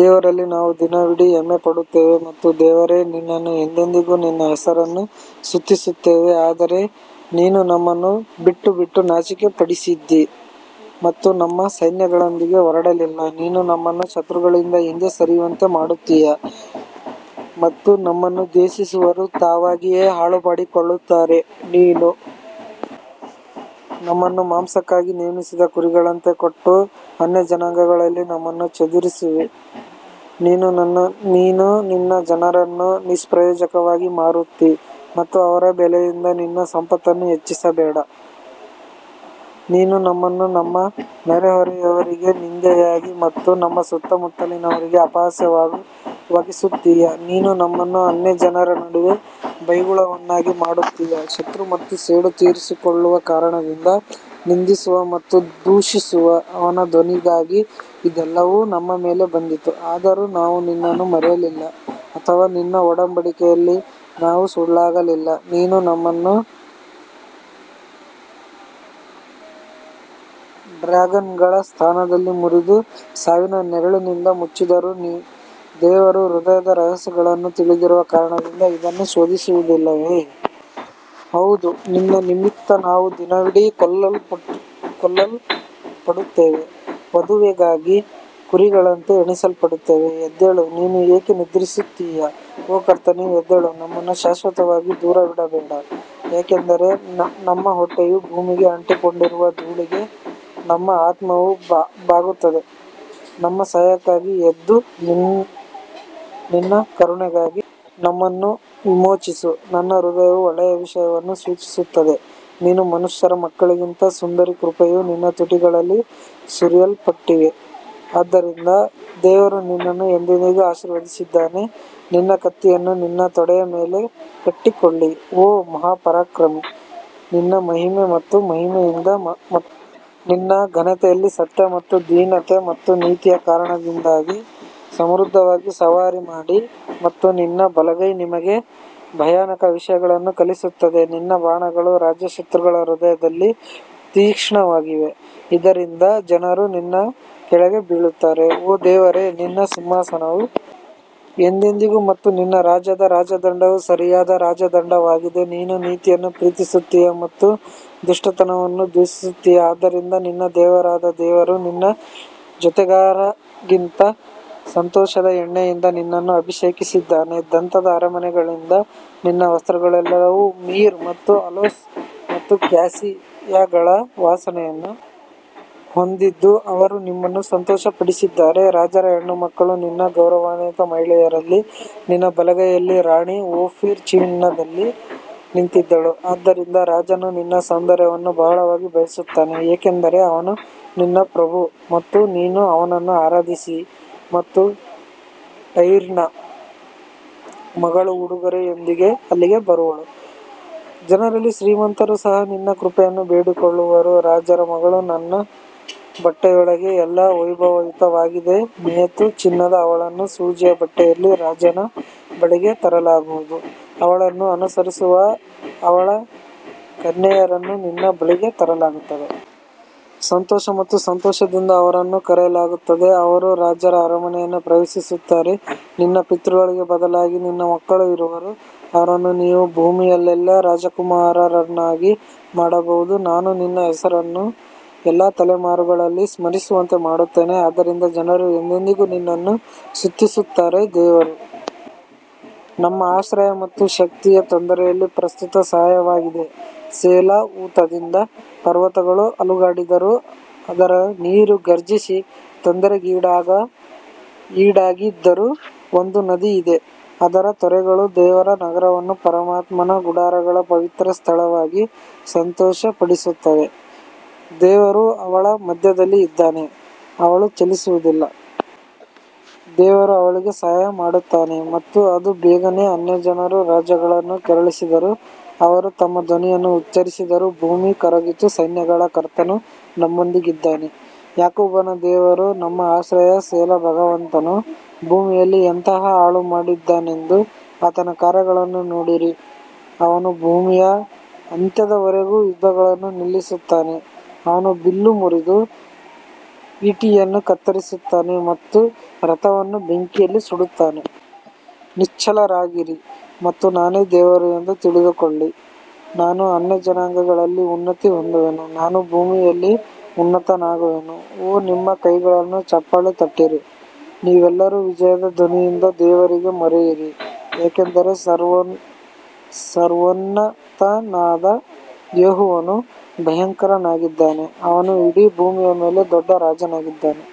ದೇವರಲ್ಲಿ ನಾವು ದಿನವಿಡೀ ಹೆಮ್ಮೆಪಡುತ್ತೇವೆ ಮತ್ತು ದೇವರೇ ನಿನ್ನನ್ನು ಎಂದೆಂದಿಗೂ ನಿನ್ನ ಹೆಸರನ್ನು ಸ್ತುತಿಸುತ್ತೇವೆ ಆದರೆ ನೀನು ನಮ್ಮನ್ನು ಬಿಟ್ಟುಬಿಟ್ಟು ನಾಚಿಕೆಪಡಿಸಿದ್ದೀ ಮತ್ತು ನಮ್ಮ ಸೈನ್ಯಗಳೊಂದಿಗೆ ಹೊರಡಲಿಲ್ಲ ನೀನು ನಮ್ಮನ್ನು ಶತ್ರುಗಳಿಂದ ಹಿಂದೆ ಸರಿಯುವಂತೆ ಮಾಡುತ್ತೀಯ ಮತ್ತು ನಮ್ಮನ್ನು ದ್ವೇಷಿಸುವವರು ತಾವಾಗಿಯೇ ಹಾಳು ಮಾಡಿಕೊಳ್ಳುತ್ತಾರೆ ನೀನು ನಮ್ಮನ್ನು ಮಾಂಸಕ್ಕಾಗಿ ನೇಮಿಸಿದ ಕುರಿಗಳಂತೆ ಕೊಟ್ಟು ಅನ್ಯಜನಾಂಗಗಳಲ್ಲಿ ನಮ್ಮನ್ನು ಚದುರಿಸಿರುವೆ ನೀನು ನಿನ್ನ ಜನರನ್ನು ನಿಷ್ಪ್ರಯೋಜಕವಾಗಿ ಮಾರುತ್ತೀ ಮತ್ತು ಅವರ ಬೆಲೆಯಿಂದ ನಿನ್ನ ಸಂಪತ್ತನ್ನು ಹೆಚ್ಚಿಸಬೇಡ ನೀನು ನಮ್ಮನ್ನು ನಮ್ಮ ನೆರೆಹೊರೆಯವರಿಗೆ ನಿಂದೆಯಾಗಿ ಮತ್ತು ನಮ್ಮ ಸುತ್ತಲಿನವರಿಗೆ ಅಪಹಾಸ್ಯವಾಗಿಸುತ್ತೀಯಾ ನೀನು ನಮ್ಮನ್ನು ಅನ್ಯಜನರ ನಡುವೆ ಬೈಗುಳವನ್ನಾಗಿ ಮಾಡುತ್ತೀಯಾ ಶತ್ರು ಮತ್ತು ಸೇಡು ತೀರಿಸಿಕೊಳ್ಳುವ ಕಾರಣದಿಂದ ನಿಂದಿಸುವ ಮತ್ತು ದೂಷಿಸುವ ಅವನ ಧ್ವನಿಗಾಗಿ ಇದೆಲ್ಲವೂ ನಮ್ಮ ಮೇಲೆ ಬಂದಿತು, ಆದರೂ ನಾವು ನಿನ್ನನ್ನು ಮರೆಯಲಿಲ್ಲ ಅಥವಾ ನಿನ್ನ ಒಡಂಬಡಿಕೆಯಲ್ಲಿ ನಾವು ಸುಳ್ಳಾಗಲಿಲ್ಲ ನೀನು ನಮ್ಮನ್ನು ಡ್ರ್ಯಾಗನ್ಗಳ ಸ್ಥಾನದಲ್ಲಿ ಮುರಿದು ಸಾವಿನ ನೆರಳಿನಿಂದ ಮುಚ್ಚಿದ್ದರೂ ದೇವರು ಹೃದಯದ ರಹಸ್ಯಗಳನ್ನು ತಿಳಿದಿರುವ ಕಾರಣದಿಂದ ಇದನ್ನು ಶೋಧಿಸುವುದಿಲ್ಲವೇ? ಹೌದು ನಿನ್ನ ನಿಮಿತ್ತ ನಾವು ದಿನವಿಡೀ ಕೊಲ್ಲಲ್ಪಡುತ್ತೇವೆ, ವಧೆಗಾಗಿ ಕುರಿಗಳಂತೆ ಎಣಿಸಲ್ಪಡುತ್ತೇವೆ ಎದ್ದೇಳು ನೀನು ಏಕೆ ನಿದ್ರಿಸುತ್ತೀಯ ಓ ಕರ್ತನೇ ಎದ್ದೇಳು ನಮ್ಮನ್ನು ಶಾಶ್ವತವಾಗಿ ದೂರವಿಡಬೇಡ ಯಾಕಂದರೆ ನಮ್ಮ ಹೊಟ್ಟೆಯು ಭೂಮಿಗೆ ಅಂಟಿಕೊಂಡಿರುವ ಧೂಳಿಗೆ ನಮ್ಮ ಆತ್ಮವು ಬಾಗುತ್ತದೆ ನಮ್ಮ ಸಹಾಯಕ್ಕಾಗಿ ಎದ್ದು ನಿನ್ನ ಕರುಣೆಗಾಗಿ ನಮ್ಮನ್ನು ವಿಮೋಚಿಸು ನನ್ನ ಹೃದಯವು ಒಳ್ಳೆಯ ವಿಷಯವನ್ನು ಸೂಚಿಸುತ್ತದೆ ನೀನು ಮನುಷ್ಯರ ಮಕ್ಕಳಿಗಿಂತ ಸುಂದರಿ ಕೃಪೆಯು ನಿನ್ನ ತುಟಿಗಳಲ್ಲಿ ಸುರಿಯಲ್ಪಟ್ಟಿದೆ ಆದ್ದರಿಂದ ದೇವರು ನಿನ್ನನ್ನು ಎಂದೆಂದಿಗೂ ಆಶೀರ್ವದಿಸಿದ್ದಾನೆ ನಿನ್ನ ಕತ್ತಿಯನ್ನು ನಿನ್ನ ತೊಡೆಯ ಮೇಲೆ ಕಟ್ಟಿಕೊಳ್ಳಿ ಓ ಮಹಾಪರಾಕ್ರಮಿ ನಿನ್ನ ಮಹಿಮೆ ಮತ್ತು ಮಹಿಮೆಯಿಂದ ಮತ್ತು ನಿನ್ನ ಘನತೆಯಲ್ಲಿ ಸತ್ಯ ಮತ್ತು ದೀನತೆ ಮತ್ತು ನೀತಿಯ ಕಾರಣದಿಂದಾಗಿ ಸಮೃದ್ಧವಾಗಿ ಸವಾರಿ ಮಾಡಿ ಮತ್ತು ನಿನ್ನ ಬಲಗೈ ನಿಮಗೆ ಭಯಾನಕ ವಿಷಯಗಳನ್ನು ಕಲಿಸುತ್ತದೆ ನಿನ್ನ ಬಾಣಗಳು ರಾಜ ಶತ್ರುಗಳ ಹೃದಯದಲ್ಲಿ ತೀಕ್ಷ್ಣವಾಗಿವೆ, ಇದರಿಂದ ಜನರು ನಿನ್ನ ಕೆಳಗೆ ಬೀಳುತ್ತಾರೆ ಓ ದೇವರೇ ನಿನ್ನ ಸಿಂಹಾಸನವು ಎಂದೆಂದಿಗೂ ಮತ್ತು ನಿನ್ನ ರಾಜ್ಯದ ರಾಜದಂಡವು ಸರಿಯಾದ ರಾಜದಂಡವಾಗಿದೆ ನೀನು ನೀತಿಯನ್ನು ಪ್ರೀತಿಸುತ್ತೀಯ ಮತ್ತು ದುಷ್ಟತನವನ್ನು ದ್ವೇಷಿಸುತ್ತೀಯಾ ಆದ್ದರಿಂದ ನಿನ್ನ ದೇವರಾದ ದೇವರು ನಿನ್ನ ಜೊತೆಗಾರರಿಗಿಂತ ಸಂತೋಷದ ಎಣ್ಣೆಯಿಂದ ನಿನ್ನನ್ನು ಅಭಿಷೇಕಿಸಿದ್ದಾನೆ ದಂತದ ಅರಮನೆಗಳಿಂದ ನಿನ್ನ ವಸ್ತ್ರಗಳೆಲ್ಲವೂ ಮಿರ್ ಮತ್ತು ಅಲೋಸ್ ಮತ್ತು ಕ್ಯಾಸಿಯಾಗಳ ವಾಸನೆಯನ್ನು ಹೊಂದಿದ್ದು, ಅವರು ನಿಮ್ಮನ್ನು ಸಂತೋಷಪಡಿಸಿದ್ದಾರೆ ರಾಜರ ಹೆಣ್ಣುಮಕ್ಕಳು ನಿನ್ನ ಗೌರವಾನ್ವಿತ ಮಹಿಳೆಯರಲ್ಲಿ ನಿನ್ನ ಬಲಗೈಯಲ್ಲಿ ರಾಣಿ ಓಫೀರ್ ಚಿನ್ನದಲ್ಲಿ ನಿಂತಿದ್ದಳು ಆದ್ದರಿಂದ ರಾಜನು ನಿನ್ನ ಸೌಂದರ್ಯವನ್ನು ಬಹಳವಾಗಿ ಬಯಸುತ್ತಾನೆ ಏಕೆಂದರೆ ಅವನು ನಿನ್ನ ಪ್ರಭು ಮತ್ತು ನೀನು ಅವನನ್ನು ಆರಾಧಿಸಿ ಮತ್ತು ಟೈರ್ನ ಮಗಳು ಉಡುಗೊರೆಯೊಂದಿಗೆ ಅಲ್ಲಿಗೆ ಬರುವಳು, ಜನರಲ್ಲಿ ಶ್ರೀಮಂತರು ಸಹ ನಿನ್ನ ಕೃಪೆಯನ್ನು ಬೇಡಿಕೊಳ್ಳುವರು ರಾಜರ ಮಗಳು ತನ್ನ ಬಟ್ಟೆಯೊಳಗೆ ಎಲ್ಲಾ ವೈಭವಯುತವಾಗಿದೆ ಮೆತು ಚಿನ್ನದ ಅವಳನ್ನು ಸೂಜಿಯ ಬಟ್ಟೆಯಲ್ಲಿ ರಾಜನ ಬಳಿಗೆ ತರಲಾಗುವುದು, ಅವಳನ್ನು ಅನುಸರಿಸುವ ಅವಳ ಕನ್ಯೆಯರನ್ನು ನಿನ್ನ ಬಳಿಗೆ ತರಲಾಗುತ್ತದೆ. ಸಂತೋಷ ಮತ್ತು ಸಂತೋಷದಿಂದ ಅವರನ್ನು ಕರೆತರಲಾಗುತ್ತದೆ, ಅವರು ರಾಜರ ಅರಮನೆಯನ್ನು ಪ್ರವೇಶಿಸುತ್ತಾರೆ ನಿನ್ನ ಪಿತೃಗಳಿಗೆ ಬದಲಾಗಿ ನಿನ್ನ ಮಕ್ಕಳು ಇರುವರು, ಅವರನ್ನು ನೀವು ಭೂಮಿಯಲ್ಲೆಲ್ಲಾ ರಾಜಕುಮಾರರನ್ನಾಗಿ ಮಾಡಬಹುದು ನಾನು ನಿನ್ನ ಹೆಸರನ್ನು ಎಲ್ಲಾ ತಲೆಮಾರುಗಳಲ್ಲಿ ಸ್ಮರಿಸುವಂತೆ ಮಾಡುತ್ತೇನೆ ಆದ್ದರಿಂದ ಜನರು ಎಂದೆಂದಿಗೂ ನಿನ್ನನ್ನು ಸ್ತುತಿಸುತ್ತಾರೆ ದೇವರು ನಮ್ಮ ಆಶ್ರಯ ಮತ್ತು ಶಕ್ತಿಯು ತೊಂದರೆಯಲ್ಲಿ ಪ್ರಸ್ತುತ ಸಹಾಯವಾಗಿದೆ ಸೆಲಾ ಊತದಿಂದ ಪರ್ವತಗಳು ಅಲುಗಾಡಿದರೂ ಅದರ ನೀರು ಘರ್ಜಿಸಿ ತೊಂದರೆಗೀಡಾಗಿದ್ದರೂ ಒಂದು ನದಿ ಇದೆ, ಅದರ ತೊರೆಗಳು ದೇವರ ನಗರವನ್ನು ಪರಮಾತ್ಮನ ಗುಡಾರಗಳ ಪವಿತ್ರ ಸ್ಥಳವಾಗಿ ಸಂತೋಷಪಡಿಸುತ್ತವೆ ದೇವರು ಅವಳ ಮಧ್ಯದಲ್ಲಿ ಇದ್ದಾನೆ, ಅವಳು ಚಲಿಸುವುದಿಲ್ಲ, ದೇವರು ಅವಳಿಗೆ ಸಹಾಯ ಮಾಡುತ್ತಾನೆ ಮತ್ತು ಅದು ಬೇಗನೆ ಅನ್ಯಜನರು ರಾಜ್ಯಗಳನ್ನು ಕೆರಳಿಸಿದರು, ಅವರು ತಮ್ಮ ಧ್ವನಿಯನ್ನು ಉಚ್ಚರಿಸಿದರು ಭೂಮಿ ಕರಗಿತು ಸೈನ್ಯಗಳ ಕರ್ತನು ನಮ್ಮೊಂದಿಗಿದ್ದಾನೆ, ಯಾಕೋಬನ ದೇವರು ನಮ್ಮ ಆಶ್ರಯ ಸೆಲಾ ಭಗವಂತನು ಭೂಮಿಯಲ್ಲಿ ಎಂತಹ ಹಾಳುಮಾಡಿದ್ದಾನೆಂದು ಆತನ ಕಾರ್ಯಗಳನ್ನು ನೋಡಿರಿ ಅವನು ಭೂಮಿಯ ಅಂತ್ಯದವರೆಗೂ ಯುದ್ಧಗಳನ್ನು ನಿಲ್ಲಿಸುತ್ತಾನೆ, ಅವನು ಬಿಲ್ಲು ಮುರಿದು, ಈಟಿಯನ್ನು ಕತ್ತರಿಸುತ್ತಾನೆ ಮತ್ತು ರಥವನ್ನು ಬೆಂಕಿಯಲ್ಲಿ ಸುಡುತ್ತಾನೆ. ನಿಶ್ಚಲರಾಗಿರಿ ಮತ್ತು ನಾನೇ ದೇವರು ಎಂದು ತಿಳಿದುಕೊಳ್ಳಿ ನಾನು ಅನ್ಯಜನಾಂಗಗಳಲ್ಲಿ ಉನ್ನತಿ ಹೊಂದುವೆನು ನಾನು ಭೂಮಿಯಲ್ಲಿ ಉನ್ನತನಾಗುವೆನು ಓ ನಿಮ್ಮ ಕೈಗಳನ್ನು ಚಪ್ಪಾಳೆ ತಟ್ಟಿರಿ, ನೀವೆಲ್ಲರೂ ವಿಜಯದ ಧ್ವನಿಯಿಂದ ದೇವರಿಗೆ ಮೊರೆಯಿರಿ ಯಾಕಂದರೆ ಸರ್ವೋನ್ನತನಾದ ಯೆಹೋವನು ಭಯಂಕರನಾಗಿದ್ದಾನೆ, ಅವನು ಇಡೀ ಭೂಮಿಯ ಮೇಲೆ ದೊಡ್ಡ ರಾಜನಾಗಿದ್ದಾನೆ.